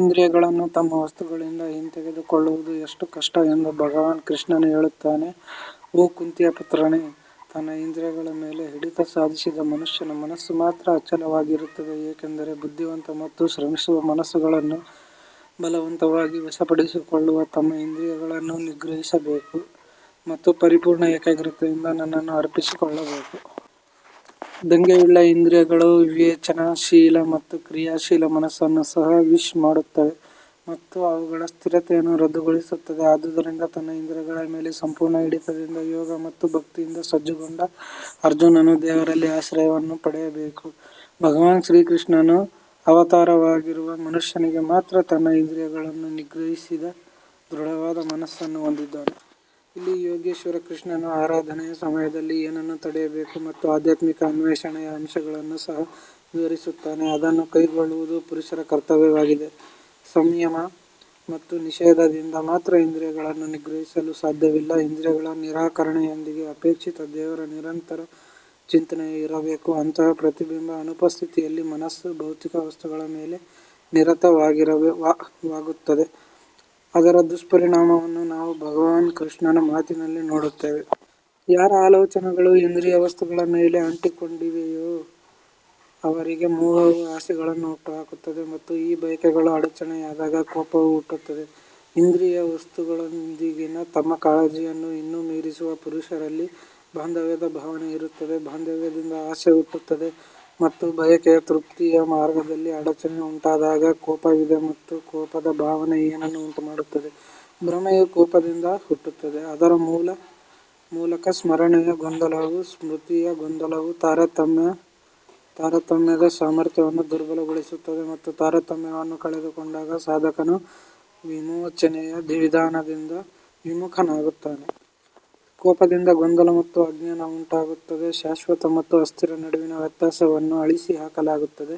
ಇಂದ್ರಿಯಗಳನ್ನು ತಮ್ಮ ವಸ್ತುಗಳಿಂದ ಹಿಂತೆಗೆದುಕೊಳ್ಳುವುದು ಎಷ್ಟು ಕಷ್ಟ ಎಂದು ಭಗವಾನ್ ಕೃಷ್ಣನು ಹೇಳುತ್ತಾನೆ ಓ ಕುಂತಿಯ ಪುತ್ರನೇ, ತನ್ನ ಇಂದ್ರಿಯಗಳ ಮೇಲೆ ಹಿಡಿತ ಸಾಧಿಸಿದ ಮನುಷ್ಯನ ಮನಸ್ಸು ಮಾತ್ರ ಅಚಲವಾಗಿರುತ್ತದೆ ಏಕೆಂದರೆ ಬುದ್ಧಿವಂತ ಮತ್ತು ಶ್ರಮಿಸುವ ಮನಸ್ಸುಗಳನ್ನು ಬಲವಂತವಾಗಿ ವಶಪಡಿಸಿಕೊಳ್ಳುವ ತಮ್ಮ ಇಂದ್ರಿಯಗಳನ್ನು ನಿಗ್ರಹಿಸಬೇಕು ಮತ್ತು ಪರಿಪೂರ್ಣ ಏಕಾಗ್ರತೆಯಿಂದ ನನ್ನನ್ನು ಅರ್ಪಿಸಿಕೊಳ್ಳಬೇಕು. ದಂಗೆಯುಳ್ಳ ಇಂದ್ರಿಯಗಳು ವಿವೇಚನಾಶೀಲ ಮತ್ತು ಕ್ರಿಯಾಶೀಲ ಮನಸ್ಸನ್ನು ಸಹ ವಿಶ್ ಮಾಡುತ್ತವೆ ಮತ್ತು ಅವುಗಳ ಸ್ಥಿರತೆಯನ್ನು ರದ್ದುಗೊಳಿಸುತ್ತವೆ ಆದುದರಿಂದ ತನ್ನ ಇಂದ್ರಿಯಗಳ ಮೇಲೆ ಸಂಪೂರ್ಣ ಹಿಡಿತದಿಂದ ಯೋಗ ಮತ್ತು ಭಕ್ತಿಯಿಂದ ಸಜ್ಜುಗೊಂಡ ಅರ್ಜುನನು ದೇವರಲ್ಲಿ ಆಶ್ರಯವನ್ನು ಪಡೆಯಬೇಕು, ಭಗವಾನ್ ಶ್ರೀಕೃಷ್ಣನು ಅವತಾರವಾಗಿರುವ ಮನುಷ್ಯನಿಗೆ ಮಾತ್ರ ತನ್ನ ಇಂದ್ರಿಯಗಳನ್ನು ನಿಗ್ರಹಿಸಿದ ದೃಢವಾದ ಮನಸ್ಸನ್ನು ಹೊಂದಿದ್ದಾನೆ. ಇಲ್ಲಿ ಯೋಗೇಶ್ವರ ಕೃಷ್ಣನು ಆರಾಧನೆಯ ಸಮಯದಲ್ಲಿ ಏನನ್ನು ತಡೆಯಬೇಕು ಮತ್ತು ಆಧ್ಯಾತ್ಮಿಕ ಅನ್ವೇಷಣೆಯ ಅಂಶಗಳನ್ನು ಸಹ ವಿವರಿಸುತ್ತಾನೆ ಅದನ್ನು ಕೈಗೊಳ್ಳುವುದು ಪುರುಷರ ಕರ್ತವ್ಯವಾಗಿದೆ. ಸಂಯಮ ಮತ್ತು ನಿಷೇಧದಿಂದ ಮಾತ್ರ ಇಂದ್ರಿಯಗಳನ್ನು ನಿಗ್ರಹಿಸಲು ಸಾಧ್ಯವಿಲ್ಲ ಇಂದ್ರಿಯಗಳ ನಿರಾಕರಣೆಯೊಂದಿಗೆ ಅಪೇಕ್ಷಿತ ದೇವರ ನಿರಂತರ ಚಿಂತನೆಯೂ ಇರಬೇಕು ಅಂತಹ ಪ್ರತಿಬಿಂಬದ ಅನುಪಸ್ಥಿತಿಯಲ್ಲಿ ಮನಸ್ಸು ಭೌತಿಕ ವಸ್ತುಗಳ ಮೇಲೆ ನಿರತವಾಗುತ್ತದೆ ಅದರ ದುಷ್ಪರಿಣಾಮವನ್ನು ನಾವು ಭಗವಾನ್ ಕೃಷ್ಣನ ಮಾತಿನಲ್ಲಿ ನೋಡುತ್ತೇವೆ. ಯಾರ ಆಲೋಚನೆಗಳು ಇಂದ್ರಿಯ ವಸ್ತುಗಳ ಮೇಲೆ ಅಂಟಿಕೊಂಡಿವೆಯೋ ಅವರಿಗೆ ಮೋಹವು ಆಸೆಗಳನ್ನು ಹುಟ್ಟುಹಾಕುತ್ತದೆ ಮತ್ತು ಈ ಬಯಕೆಗಳು ಅಡಚಣೆಯಾದಾಗ ಕೋಪವು ಹುಟ್ಟುತ್ತದೆ. ಇಂದ್ರಿಯ ವಸ್ತುಗಳೊಂದಿಗಿನ ತಮ್ಮ ಕಾಳಜಿಯನ್ನು ಇನ್ನೂ ಮೀರಿಸಿರುವ ಪುರುಷರಲ್ಲಿ ಬಾಂಧವ್ಯದ ಭಾವನೆ ಇರುತ್ತದೆ ಬಾಂಧವ್ಯದಿಂದ ಆಸೆ ಹುಟ್ಟುತ್ತದೆ ಮತ್ತು ಬಯಕೆಯ ತೃಪ್ತಿಯ ಮಾರ್ಗದಲ್ಲಿ ಅಡಚಣೆ ಉಂಟಾದಾಗ ಕೋಪವಿದೆ ಮತ್ತು ಕೋಪದ ಭಾವನೆ ಏನನ್ನು ಉಂಟುಮಾಡುತ್ತದೆ ಭ್ರಮೆಯು ಕೋಪದಿಂದ ಹುಟ್ಟುತ್ತದೆ, ಅದರ ಮೂಲಕ ಸ್ಮರಣೆಯ ಗೊಂದಲವು ಸ್ಮೃತಿಯ ಗೊಂದಲವು ತಾರತಮ್ಯದ ಸಾಮರ್ಥ್ಯವನ್ನು ದುರ್ಬಲಗೊಳಿಸುತ್ತದೆ ಮತ್ತು ತಾರತಮ್ಯವನ್ನು ಕಳೆದುಕೊಂಡಾಗ ಸಾಧಕನು ವಿಮೋಚನೆಯ ವಿಧಾನದಿಂದ ವಿಮುಖನಾಗುತ್ತಾನೆ. ಕೋಪದಿಂದ ಗೊಂದಲ ಮತ್ತು ಅಜ್ಞಾನ ಉಂಟಾಗುತ್ತದೆ ಶಾಶ್ವತ ಮತ್ತು ಅಸ್ಥಿರ ನಡುವಿನ ವ್ಯತ್ಯಾಸವನ್ನು ಅಳಿಸಿಹಾಕಲಾಗುತ್ತದೆ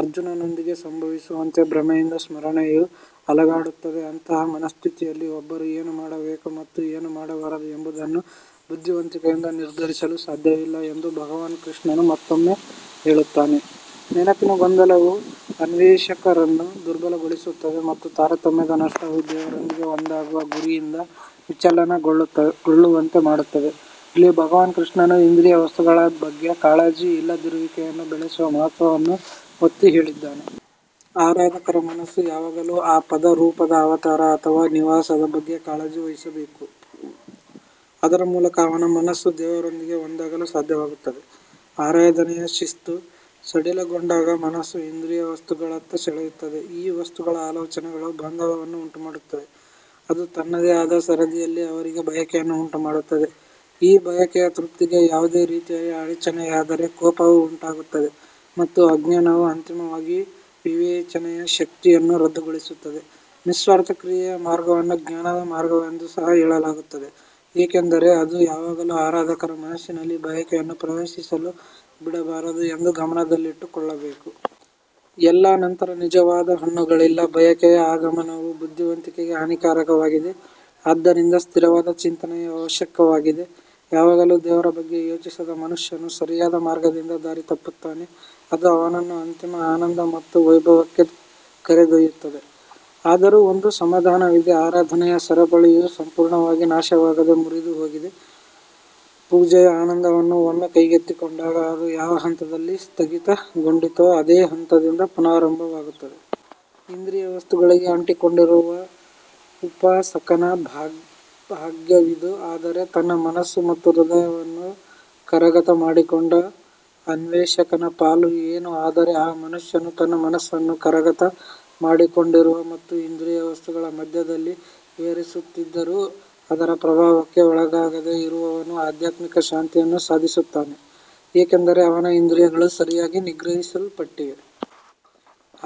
ಅರ್ಜುನನೊಂದಿಗೆ ಸಂಭವಿಸುವಂತೆ ಭ್ರಮೆಯಿಂದ ಸ್ಮರಣೆಯು ಅಲುಗಾಡುತ್ತದೆ ಅಂತಹ ಮನಸ್ಥಿತಿಯಲ್ಲಿ ಒಬ್ಬರು ಏನು ಮಾಡಬೇಕು ಮತ್ತು ಏನು ಮಾಡಬಾರದು ಎಂಬುದನ್ನು ಬುದ್ಧಿವಂತಿಕೆಯಿಂದ ನಿರ್ಧರಿಸಲು ಸಾಧ್ಯವಿಲ್ಲ ಎಂದು ಭಗವಾನ್ ಕೃಷ್ಣನು ಮತ್ತೊಮ್ಮೆ ಹೇಳುತ್ತಾನೆ ನೆನಪಿನ ಗೊಂದಲವು ಅನ್ವೇಷಕರನ್ನು ದುರ್ಬಲಗೊಳಿಸುತ್ತದೆ ಮತ್ತು ತಾರತಮ್ಯದ ನಷ್ಟವು ದೇವರೊಂದಿಗೆ ಒಂದಾಗುವ ಗುರಿಯಿಂದ ವಿಚಲನಗೊಳ್ಳುವಂತೆ ಮಾಡುತ್ತದೆ ಇಲ್ಲಿ ಭಗವಾನ್ ಕೃಷ್ಣನು ಇಂದ್ರಿಯ ವಸ್ತುಗಳ ಬಗ್ಗೆ ಕಾಳಜಿಯಿಲ್ಲದಿರುವಿಕೆಯನ್ನು ಬೆಳೆಸುವ ಮಹತ್ವವನ್ನು ಒತ್ತಿಹೇಳಿದ್ದಾನೆ. ಆರಾಧಕರ ಮನಸ್ಸು ಯಾವಾಗಲೂ ಆ ಪದ ರೂಪದ ಅವತಾರ ಅಥವಾ ನಿವಾಸದ ಬಗ್ಗೆ ಕಾಳಜಿ ವಹಿಸಬೇಕು, ಅದರ ಮೂಲಕ ಅವನ ಮನಸ್ಸು ದೇವರೊಂದಿಗೆ ಒಂದಾಗಲು ಸಾಧ್ಯವಾಗುತ್ತದೆ. ಆರಾಧನೆಯ ಶಿಸ್ತು ಸಡಿಲಗೊಂಡಾಗ ಮನಸ್ಸು ಇಂದ್ರಿಯ ವಸ್ತುಗಳತ್ತ ಸೆಳೆಯುತ್ತದೆ ಈ ವಸ್ತುಗಳ ಆಲೋಚನೆಗಳು ಬಾಂಧವ್ಯವನ್ನು ಉಂಟುಮಾಡುತ್ತವೆ, ಅದು ತನ್ನದೇ ಆದ ಸರದಿಯಲ್ಲಿ ಅವರಿಗೆ ಬಯಕೆಯನ್ನು ಉಂಟುಮಾಡುತ್ತದೆ ಈ ಬಯಕೆಯ ತೃಪ್ತಿಗೆ ಯಾವುದೇ ರೀತಿಯಲ್ಲಿ ಅಡಚಣೆಯಾದರೆ ಕೋಪವು ಉಂಟಾಗುತ್ತದೆ ಮತ್ತು ಅಜ್ಞಾನವು ಅಂತಿಮವಾಗಿ ವಿವೇಚನೆಯ ಶಕ್ತಿಯನ್ನು ರದ್ದುಗೊಳಿಸುತ್ತದೆ ನಿಸ್ವಾರ್ಥ ಕ್ರಿಯೆಯ ಮಾರ್ಗವನ್ನು ಜ್ಞಾನದ ಮಾರ್ಗವೆಂದು ಸಹ ಹೇಳಲಾಗುತ್ತದೆ ಏಕೆಂದರೆ ಅದು ಯಾವಾಗಲೂ ಆರಾಧಕರ ಮನಸ್ಸಿನಲ್ಲಿ ಬಯಕೆಯನ್ನು ಪ್ರವೇಶಿಸಲು ಬಿಡಬಾರದು ಎಂದು ಗಮನದಲ್ಲಿಟ್ಟುಕೊಳ್ಳಬೇಕು. ಎಲ್ಲಾ ನಂತರ ನಿಜವಾದ ಹಣ್ಣುಗಳಿಲ್ಲ ಬಯಕೆಯ ಆಗಮನವು ಬುದ್ಧಿವಂತಿಕೆಗೆ ಹಾನಿಕಾರಕವಾಗಿದೆ ಆದ್ದರಿಂದ ಸ್ಥಿರವಾದ ಚಿಂತನೆಯು ಅವಶ್ಯಕವಾಗಿದೆ ಯಾವಾಗಲೂ ದೇವರ ಬಗ್ಗೆ ಯೋಚಿಸದ ಮನುಷ್ಯನು ಸರಿಯಾದ ಮಾರ್ಗದಿಂದ ದಾರಿ ತಪ್ಪುತ್ತಾನೆ, ಅದು ಅವನನ್ನು ಅಂತಿಮ ಆನಂದ ಮತ್ತು ವೈಭವಕ್ಕೆ ಕರೆದೊಯ್ಯುತ್ತದೆ. ಆದರೂ ಒಂದು ಸಮಾಧಾನವಿದೆ ಆರಾಧನೆಯ ಸರಪಳಿಯು ಸಂಪೂರ್ಣವಾಗಿ ನಾಶವಾಗದೆ ಮುರಿದುಹೋಗಿದೆ ಪೂಜೆಯ ಆನಂದವನ್ನು ಒಮ್ಮೆ ಕೈಗೆತ್ತಿಕೊಂಡಾಗ ಅದು ಯಾವ ಹಂತದಲ್ಲಿ ಸ್ಥಗಿತಗೊಂಡಿತೋ ಅದೇ ಹಂತದಿಂದ ಪುನರಾರಂಭವಾಗುತ್ತದೆ. ಇಂದ್ರಿಯ ವಸ್ತುಗಳಿಗೆ ಅಂಟಿಕೊಂಡಿರುವ ಉಪಾಸಕನ ಭಾಗ್ಯವಿದು ಆದರೆ ತನ್ನ ಮನಸ್ಸು ಮತ್ತು ಹೃದಯವನ್ನು ಕರಗತ ಮಾಡಿಕೊಂಡ ಅನ್ವೇಷಕನ ಪಾಲು ಏನು ಆದರೆ ಆ ಮನುಷ್ಯನು ತನ್ನ ಮನಸ್ಸನ್ನು ಕರಗತ ಮಾಡಿಕೊಂಡಿರುವ ಮತ್ತು ಇಂದ್ರಿಯ ವಸ್ತುಗಳ ಮಧ್ಯದಲ್ಲಿ ವಿಹರಿಸುತ್ತಿದ್ದರೂ ಅದರ ಪ್ರಭಾವಕ್ಕೆ ಒಳಗಾಗದೇ ಇರುವವನು ಆಧ್ಯಾತ್ಮಿಕ ಶಾಂತಿಯನ್ನು ಸಾಧಿಸುತ್ತಾನೆ ಏಕೆಂದರೆ ಅವನ ಇಂದ್ರಿಯಗಳು ಸರಿಯಾಗಿ ನಿಗ್ರಹಿಸಲ್ಪಟ್ಟಿವೆ.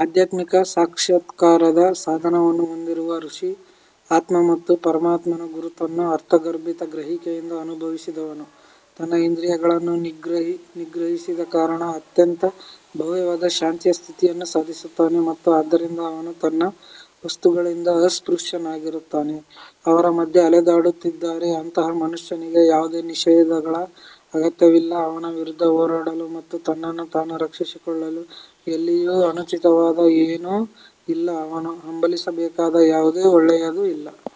ಆಧ್ಯಾತ್ಮಿಕ ಸಾಕ್ಷಾತ್ಕಾರದ ಸಾಧನವನ್ನು ಹೊಂದಿರುವ ಋಷಿ ಆತ್ಮ ಮತ್ತು ಪರಮಾತ್ಮನ ಗುರುತನ್ನು ಅರ್ಥಗರ್ಭಿತ ಗ್ರಹಿಕೆಯನ್ನು ಅನುಭವಿಸಿದವನು ತನ್ನ ಇಂದ್ರಿಯಗಳನ್ನು ನಿಗ್ರಹಿಸಿದ ಕಾರಣ ಅತ್ಯಂತ ಭವ್ಯವಾದ ಶಾಂತಿಯ ಸ್ಥಿತಿಯನ್ನು ಸಾಧಿಸುತ್ತಾನೆ ಮತ್ತು ಆದ್ದರಿಂದ ಅವನು ತನ್ನ ವಸ್ತುಗಳಿಂದ ಅಸ್ಪೃಶ್ಯನಾಗಿರುತ್ತಾನೆ. ಅವರ ಮಧ್ಯೆ ಅಲೆದಾಡುತ್ತಿದ್ದಾರೆ ಅಂತಹ ಮನುಷ್ಯನಿಗೆ ಯಾವುದೇ ನಿಷೇಧಗಳ ಅಗತ್ಯವಿಲ್ಲ ಅವನ ವಿರುದ್ಧ ಹೋರಾಡಲು ಮತ್ತು ತನ್ನನ್ನು ತಾನು ರಕ್ಷಿಸಿಕೊಳ್ಳಲು ಎಲ್ಲಿಯೂ ಅನುಚಿತವಾದ ಏನೂ ಇಲ್ಲ ಅವನು ಹಂಬಲಿಸಬೇಕಾದ ಯಾವುದೇ ಒಳ್ಳೆಯದೂ ಇಲ್ಲ.